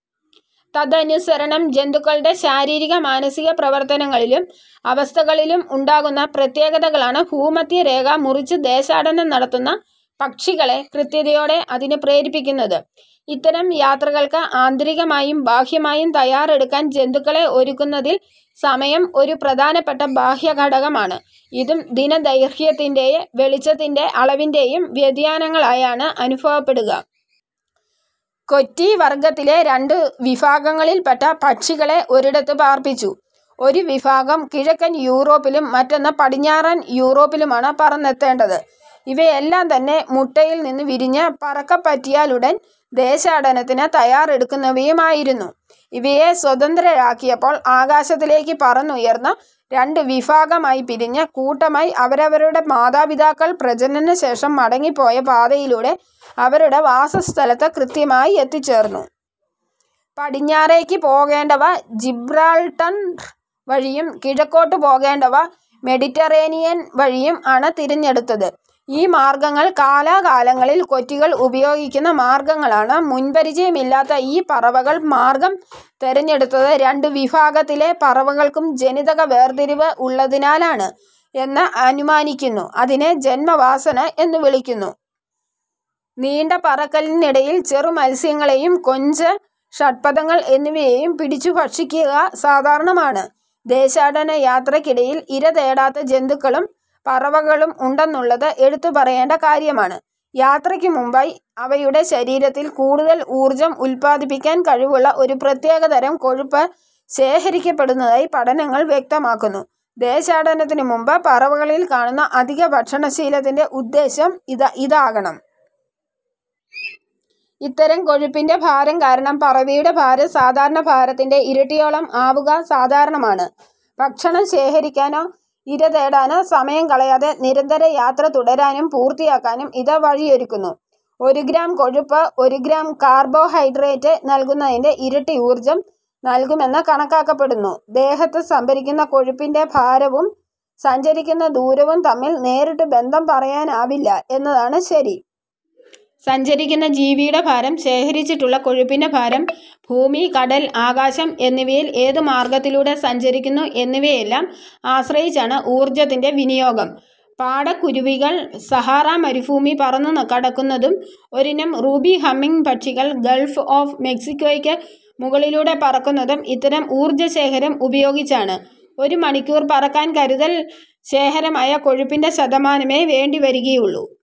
തദനുസരണം ജന്തുക്കളുടെ ശാരീരിക മാനസിക പ്രവർത്തനങ്ങളിലും അവസ്ഥകളിലും ഉണ്ടാകുന്ന പ്രത്യേകതകളാണ് ഭൂമധ്യരേഖ മുറിച്ച് ദേശാടനം നടത്തുന്ന പക്ഷികളെ കൃത്യതയോടെ അതിന് പ്രേരിപ്പിക്കുന്നത്. ഇത്തരം യാത്രകൾക്ക് ആന്തരികമായും ബാഹ്യമായും തയ്യാറെടുക്കാൻ ജന്തുക്കളെ ഒരുക്കുന്നതിൽ സമയം ഒരു പ്രധാനപ്പെട്ട ബാഹ്യഘടകമാണ്. ഇതും ദിനദൈർഘ്യത്തിന്റെയും വെളിച്ചത്തിന്റെ അളവിന്റെയും വ്യതിയാനങ്ങളായാണ് അനുഭവപ്പെടുക. കൊറ്റി വർഗത്തിലെ രണ്ട് വിഭാഗങ്ങളിൽപ്പെട്ട പക്ഷികളെ ഒരിടത്ത് പാർപ്പിച്ചു. ഒരു വിഭാഗം കിഴക്കൻ യൂറോപ്പിലും മറ്റൊന്ന് പടിഞ്ഞാറൻ യൂറോപ്പിലുമാണ് പറന്നെത്തേണ്ടത്. ഇവയെല്ലാംതന്നെ മുട്ടയിൽനിന്നു വിരിഞ്ഞ് പറക്കപറ്റിയാലുടൻ ദേശാടനത്തിന് തയ്യാറെടുക്കുന്നവയുമായിരുന്നു. ഇവയെ സ്വതന്ത്രരാക്കിയപ്പോൾ ആകാശത്തിലേക്കു പറന്നുയർന്ന് രണ്ട് വിഭാഗമായി പിരിഞ്ഞ് കൂട്ടമായി അവരവരുടെ മാതാപിതാക്കൾ പ്രജനനശേഷം മടങ്ങിപ്പോയ പാതയിലൂടെ അവരുടെ വാസസ്ഥലത്ത് കൃത്യമായി എത്തിച്ചേർന്നു. പടിഞ്ഞാറേക്ക് പോകേണ്ടവ ജിബ്രാൾട്ടർ വഴിയും കിഴക്കോട്ട് പോകേണ്ടവ മെഡിറ്ററേനിയൻ വഴിയും ആണ് തിരഞ്ഞെടുത്തത്. ഈ മാർഗങ്ങൾ കാലാകാലങ്ങളിൽ കൊറ്റികൾ ഉപയോഗിക്കുന്ന മാർഗങ്ങളാണ്. മുൻപരിചയമില്ലാത്ത ഈ പറവകൾ മാർഗ്ഗം തിരഞ്ഞെടുത്തത് രണ്ട് വിഭാഗത്തിലെ പറവകൾക്കും ജനിതക വേർതിരിവ് ഉള്ളതിനാലാണ് എന്ന് അനുമാനിക്കുന്നു. അതിനെ ജന്മവാസന എന്നു വിളിക്കുന്നു. നീണ്ട പറക്കലിനിടയിൽ ചെറുമത്സ്യങ്ങളെയും കൊഞ്ച്, ഷഡ്പദങ്ങൾ എന്നിവയെയും പിടിച്ചുഭക്ഷിക്കുക സാധാരണമാണ്. ദേശാടനയാത്രയ്ക്കിടയിൽ ഇരതേടാത്ത ജന്തുക്കളും പറവകളും ഉണ്ടെന്നുള്ളത് എടുത്തുപറയേണ്ട കാര്യമാണ്. യാത്രയ്ക്കുമുമ്പായി അവയുടെ ശരീരത്തിൽ കൂടുതൽ ഊർജ്ജം ഉത്പാദിപ്പിക്കാൻ കഴിവുള്ള ഒരു പ്രത്യേകതരം കൊഴുപ്പ് ശേഖരിക്കപ്പെടുന്നതായി പഠനങ്ങൾ വ്യക്തമാക്കുന്നു. ദേശാടനത്തിനുമുമ്പ് പറവകളിൽ കാണുന്ന അധികഭക്ഷണശീലത്തിന്റെ ഉദ്ദേശ്യം ഇതാകണം. ഇത്തരം കൊഴുപ്പിന്റെ ഭാരംകാരണം പറവയുടെ ഭാരം സാധാരണ ഭാരത്തിന്റെ ഇരട്ടിയോളം ആവുക സാധാരണമാണ്. ഭക്ഷണം ശേഖരിക്കാനോ ഇരതേടാനോ സമയം കളയാതെ നിരന്തര യാത്ര തുടരാനും പൂർത്തിയാക്കാനും ഇത് വഴിയൊരുക്കുന്നു. ഒരു ഗ്രാം കൊഴുപ്പ് ഒരു ഗ്രാം കാർബോഹൈഡ്രേറ്റ് നല്കുന്നതിന്റെ ഇരട്ടി ഊർജ്ജം നല്കുമെന്ന് കണക്കാക്കപ്പെടുന്നു. ദേഹത്ത് സംഭരിക്കുന്ന കൊഴുപ്പിന്റെ ഭാരവും സഞ്ചരിക്കുന്ന ദൂരവും തമ്മിൽ നേരിട്ടു ബന്ധം പറയാനാവില്ല എന്നതാണ് ശരി. സഞ്ചരിക്കുന്ന ജീവിയുടെ ഭാരം, ശേഖരിച്ചിട്ടുള്ള കൊഴുപ്പിന്റെ ഭാരം, ഭൂമി-കടൽ-ആകാശം എന്നിവയിൽ ഏതു മാർഗ്ഗത്തിലൂടെ സഞ്ചരിക്കുന്നു എന്നിവയെയെല്ലാം ആശ്രയിച്ചാണ് ഊർജ്ജത്തിന്റെ വിനിയോഗം. പാടക്കുരുവികൾ സഹാറാ മരുഭൂമി പറന്നുകടക്കുന്നതും ഒരിനം റൂബി ഹമ്മിങ് പക്ഷികൾ ഗൾഫ് ഒഫ് മെക്സിക്കോയ്ക്ക് മുകളിലൂടെ പറക്കുന്നതും ഇത്തരം ഊർജശേഖരം ഉപയോഗിച്ചാണ്. ഒരു മണിക്കൂർ പറക്കാൻ കരുതൽ ശേഖരമായ കൊഴുപ്പിന്റെ ശതമാനമേ വേണ്ടിവരികയുള്ളൂ.